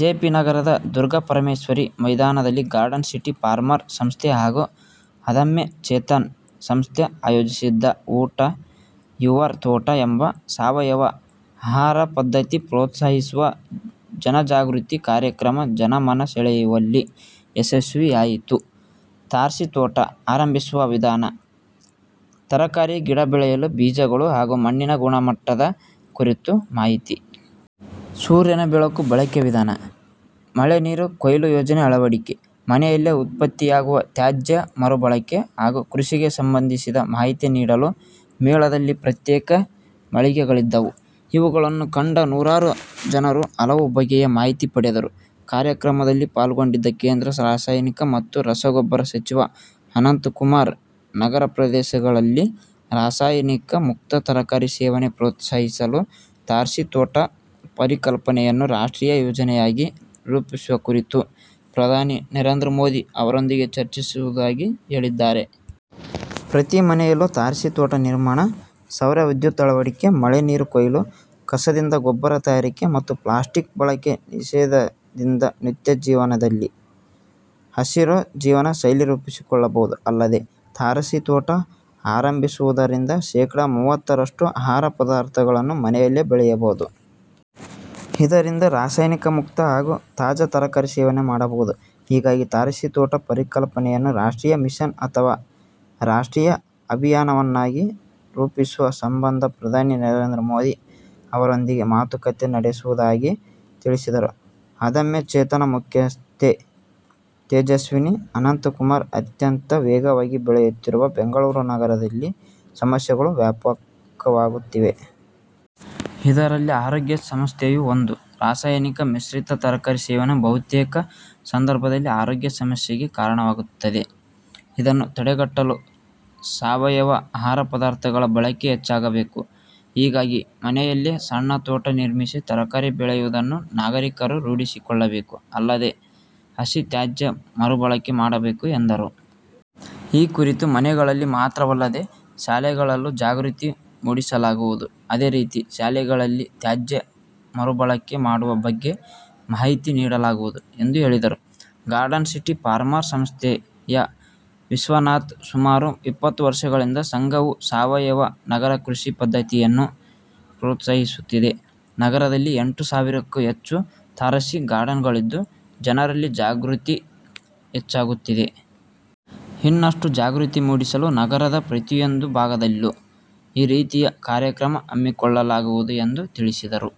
J. P. ನಗರದ ದುರ್ಗಾಪರಮೇಶ್ವರಿ ಮೈದಾನದಲ್ಲಿ garden city farmer ಸಂಸ್ಥೆ ಹಾಗೂ ಅದಮ್ಯ ಚೇತನ ಸಂಸ್ಥೆ ಆಯೋಜಿಸಿದ್ದ ಊಟ ಯುವರ್ ತೋಟ ಎಂಬ ಸಾವಯವ ಆಹಾರ ಪದ್ಧತಿ ಪ್ರೋತ್ಸಾಹಿಸುವ ಜನಜಾಗೃತಿ ಕಾರ್ಯಕ್ರಮ ಜನಮನ ಸೆಳೆಯುವಲ್ಲಿ ಯಶಸ್ವಿಯಾಯಿತು. ತಾರಸಿ ತೋಟ ಆರಂಭಿಸುವ ವಿಧಾನ. ತರಕಾರಿ ಗಿಡ ಬೆಳೆಯಲು ಬೀಜಗಳು ಹಾಗೂ ಮಣ್ಣಿನ ಗುಣಮಟ್ಟದ ಕುರಿತು ಮಾಹಿತಿ. ಸೂರ್ಯನ ಬೆಳಕು ಬಳಕೆ ವಿಧಾನ. ಮಳೆ ನೀರು ಕೊಯ್ಲು ಯೋಜನೆ ಅಳವಡಿಕೆ. ಮನೆಯಲ್ಲೇ ಉತ್ಪತ್ತಿಯಾಗುವ ತ್ಯಾಜ್ಯ ಮರುಬಳಕೆ ಹಾಗೂ ಕೃಷಿಗೆ ಸಂಬಂಧಿಸಿದ ಮಾಹಿತಿ ನೀಡಲು ಮೇಳದಲ್ಲಿ ಪ್ರತ್ಯೇಕ ಮಳಿಗೆಗಳಿದ್ದವು. ಇವುಗಳನ್ನು ಕಂಡ ನೂರಾರು ಜನರು ಹಲವು ಬಗೆಯ ಮಾಹಿತಿ ಪಡೆದರು. ಕಾರ್ಯಕ್ರಮದಲ್ಲಿ ಪಾಲ್ಗೊಂಡಿದ್ದ ಕೇಂದ್ರ ರಾಸಾಯನಿಕ ಮತ್ತು ರಸಗೊಬ್ಬರ ಸಚಿವ ಅನಂತಕುಮಾರ್ ನಗರ ಪ್ರದೇಶಗಳಲ್ಲಿ ರಾಸಾಯನಿಕ ಮುಕ್ತ ತರಕಾರಿ ಸೇವನೆ ಪ್ರೋತ್ಸಾಹಿಸಲು ತಾರಸಿ ತೋಟ ಪರಿಕಲ್ಪನೆಯನ್ನು ರಾಷ್ಟ್ರೀಯ ಯೋಜನೆಯಾಗಿ ರೂಪಿಸುವ ಕುರಿತು ಪ್ರಧಾನಿ ನರೇಂದ್ರ ಮೋದಿ ಅವರೊಂದಿಗೆ ಚರ್ಚಿಸುವುದಾಗಿ ಹೇಳಿದ್ದಾರೆ. ಪ್ರತಿ ಮನೆಯಲ್ಲೂ ತಾರಸಿ ತೋಟ ನಿರ್ಮಾಣ. ಸೌರವಿದ್ಯುತ್ ಅಳವಡಿಕೆ. ಮಳೆ ನೀರು ಕೊಯ್ಲು. ಕಸದಿಂದ ಗೊಬ್ಬರ ತಯಾರಿಕೆ ಮತ್ತು ಪ್ಲಾಸ್ಟಿಕ್ ಬಳಕೆ ನಿಷೇಧದಿಂದ ನಿತ್ಯ ಜೀವನದಲ್ಲಿ ಹಸಿರು ಜೀವನ ಶೈಲಿ ರೂಪಿಸಿಕೊಳ್ಳಬಹುದು. ಅಲ್ಲದೆ ತಾರಸಿ ತೋಟ ಆರಂಭಿಸುವುದರಿಂದ ಶೇ. ಮೂವತ್ತರಷ್ಟು ಆಹಾರ ಪದಾರ್ಥಗಳನ್ನು ಮನೆಯಲ್ಲೇ ಬೆಳೆಯಬಹುದು. ಇದರಿಂದ ರಾಸಾಯನಿಕ ಮುಕ್ತ ಹಾಗೂ ತಾಜಾ ತರಕಾರಿ ಸೇವನೆ ಮಾಡಬಹುದು. ಹೀಗಾಗಿ ತಾರಸಿ ತೋಟ ಪರಿಕಲ್ಪನೆಯನ್ನು ರಾಷ್ಟ್ರೀಯ ಮಿಷನ್ ಅಥವಾ ರಾಷ್ಟ್ರೀಯ ಅಭಿಯಾನವನ್ನಾಗಿ ರೂಪಿಸುವ ಸಂಬಂಧ ಪ್ರಧಾನಿ ನರೇಂದ್ರ ಮೋದಿ ಅವರೊಂದಿಗೆ ಮಾತುಕತೆ ನಡೆಸುವುದಾಗಿ ತಿಳಿಸಿದರು. ಅದಮ್ಯ ಚೇತನ ಮುಖ್ಯಸ್ಥೆ ತೇಜಸ್ವಿನಿ ಅನಂತಕುಮಾರ್ ಅತ್ಯಂತ ವೇಗವಾಗಿ ಬೆಳೆಯುತ್ತಿರುವ ಬೆಂಗಳೂರು ನಗರದಲ್ಲಿ ಸಮಸ್ಯೆಗಳೂ ವ್ಯಾಪಕವಾಗುತ್ತಿವೆ. ಇದರಲ್ಲಿ ಆರೋಗ್ಯ ಸಮಸ್ಯೆಯೂ ಒಂದು. ರಾಸಾಯನಿಕ ಮಿಶ್ರಿತ ತರಕಾರಿ ಸೇವನೆ ಬಹುತೇಕ ಸಂದರ್ಭದಲ್ಲಿ ಆರೋಗ್ಯ ಸಮಸ್ಯೆಗೆ ಕಾರಣವಾಗುತ್ತದೆ. ಇದನ್ನು ತಡೆಗಟ್ಟಲು ಸಾವಯವ ಆಹಾರ ಪದಾರ್ಥಗಳ ಬಳಕೆ ಹೆಚ್ಚಾಗಬೇಕು. ಹೀಗಾಗಿ ಮನೆಯಲ್ಲೇ ಸಣ್ಣ ತೋಟ ನಿರ್ಮಿಸಿ ತರಕಾರಿ ಬೆಳೆಯುವುದನ್ನು ನಾಗರಿಕರು ರೂಢಿಸಿಕೊಳ್ಳಬೇಕು. ಅಲ್ಲದೆ ಹಸಿ ತ್ಯಾಜ್ಯ ಮರುಬಳಕೆ ಮಾಡಬೇಕು ಎಂದರು. ಈ ಕುರಿತು ಮನೆಗಳಲ್ಲಿ ಮಾತ್ರವಲ್ಲದೆ ಶಾಲೆಗಳಲ್ಲೂ ಜಾಗೃತಿ ಮೂಡಿಸಲಾಗುವುದು. ಅದೇರೀತಿ ಶಾಲೆಗಳಲ್ಲಿ ತ್ಯಾಜ್ಯ ಮರುಬಳಕೆ ಮಾಡುವ ಬಗ್ಗೆ ಮಾಹಿತಿ ನೀಡಲಾಗುವುದು ಎಂದು ಹೇಳಿದರು. ಗಾರ್ಡನ್ ಸಿಟಿ ಫಾರ್ಮರ್ ಸಂಸ್ಥೆಯ ವಿಶ್ವನಾಥ್ ಸುಮಾರು ಇಪ್ಪತ್ತು ವರ್ಷಗಳಿಂದ ಸಂಘವು ಸಾವಯವ ನಗರ ಕೃಷಿ ಪದ್ಧತಿಯನ್ನು ಪ್ರೋತ್ಸಾಹಿಸುತ್ತಿದೆ. ನಗರದಲ್ಲಿ ಎಂಟು ಸಾವಿರಕ್ಕೂ ಹೆಚ್ಚು ತಾರಸಿ ಗಾರ್ಡನ್‌ಗಳಿದ್ದು ಜನರಲ್ಲಿ ಜಾಗೃತಿ ಹೆಚ್ಚಾಗುತ್ತಿದೆ. ಇನ್ನಷ್ಟು ಜಾಗೃತಿ ಮೂಡಿಸಲು ನಗರದ ಪ್ರತಿಯೊಂದು ಭಾಗದಲ್ಲೂ ಈ ರೀತಿಯ ಕಾರ್ಯಕ್ರಮ ಹಮ್ಮಿಕೊಳ್ಳಲಾಗುವುದು ಎಂದು ತಿಳಿಸಿದರು.